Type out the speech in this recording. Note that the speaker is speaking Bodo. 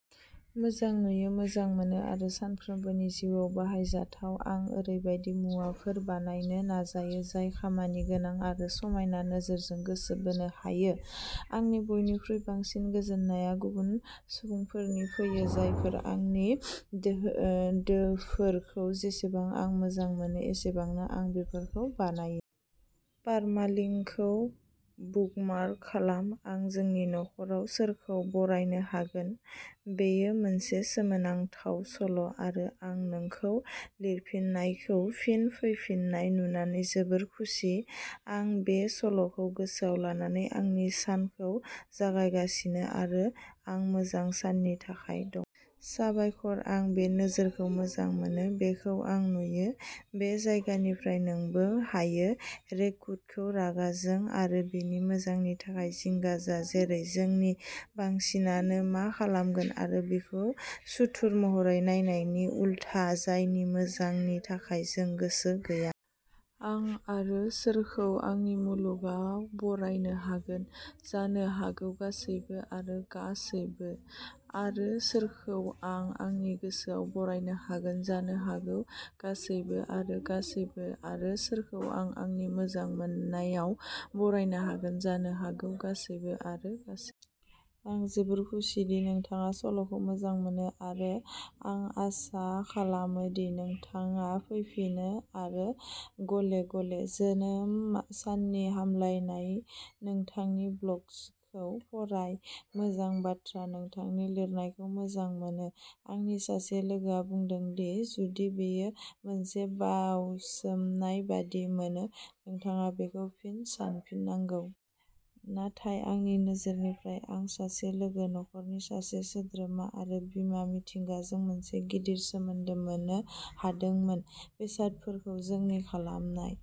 मोजां नुयो, मोजां मोनो, आरो सानफ्रोमबोनि जिउआव बाहायजाथाव। आं ओरैबायदि मुवाफोर बानायनो नाजायो जाय खामानिगोनां आरो समायना नोजोरजों गोसो बोनो हायो। आंनि बयनिख्रुइ बांसिन गोजोननाया गुबुन सुबुंफोरनि फैयो, जायफोरा आंनि दोफोरखौ जेसेबां आं मोजां मोनो एसेबांनो आं बेफोरखौ बानायो। पारमालिंकखौ बुकमार्क खालाम। आं जोंनि नखराव सोरखौ बरायनो हागोन? बेयो मोनसे सोमोनांथाव सल' आरो आं नोंखौ लिरफिननायखौ फिन फैफिन्नाय नुनानै जोबोद खुसि। आं बे सल'खौ गोसोआव लानानै आंनि सानखौ जागायगासिनो आरो आं मोजां साननि थाखाय दं। साबायखर, आं बे नोजोरखौ मोजां मोनो बेखौ आं नुयो, बे जायगानिफ्राय, नोंबो हायो। रेकुनखौ रागा जों आरो बिनि मोजांनि थाखाय जिंगा जा जेरै जोंनि बांसिनानो मा खालामगोन आरो बिखौ सुथुर महरै नायनायनि उलथा, जायनि मोजांनि थाखाय जों गोसो गैया। आं आरो सोरखौ आंनि मुलुगाव बरायनो हागोन? जानो हागौ गासैबो आरो गासैबो। आरो सोरखौ आं आंनि गोसोआव बरायनो हागोन? जानो हागौ गासैबो आरो गासैबो। आरो सोरखौ आं आंनि मोजां मोननायाव बरायनो हागोन? जानो हागौ गासैबो आरो गासैबो। आं जोबोद खुसि दि नोंथाङा सल'खौ मोजां मोनो आरो आं आसा खालामो दि नोंथाङा फैफिनो आरो गले-गले। जोनोम साननि हामलायनाय नोंथांनि ब्लगखौ फराय। मोजां बाथ्रा। नोंथांनि लिरनायखौ मोजां मोनो। आंनि सासे लोगोआ बुंदों दि जुदि बेयो मोनसे बावसोमनाय बायदि मोनो नोंथाङा बेखौ फिन सानफिननांगौ। नाथाय आंनि नोजोरनिफ्राय, आं सासे लोगो, नखरनि सासे सोद्रोमा आरो बिमा मिथिंगाजों मोनसे गिदिर सोमोन्दो मोन्नो हादोंमोन। बेसादफोरखौ जोंनि खालामनाय।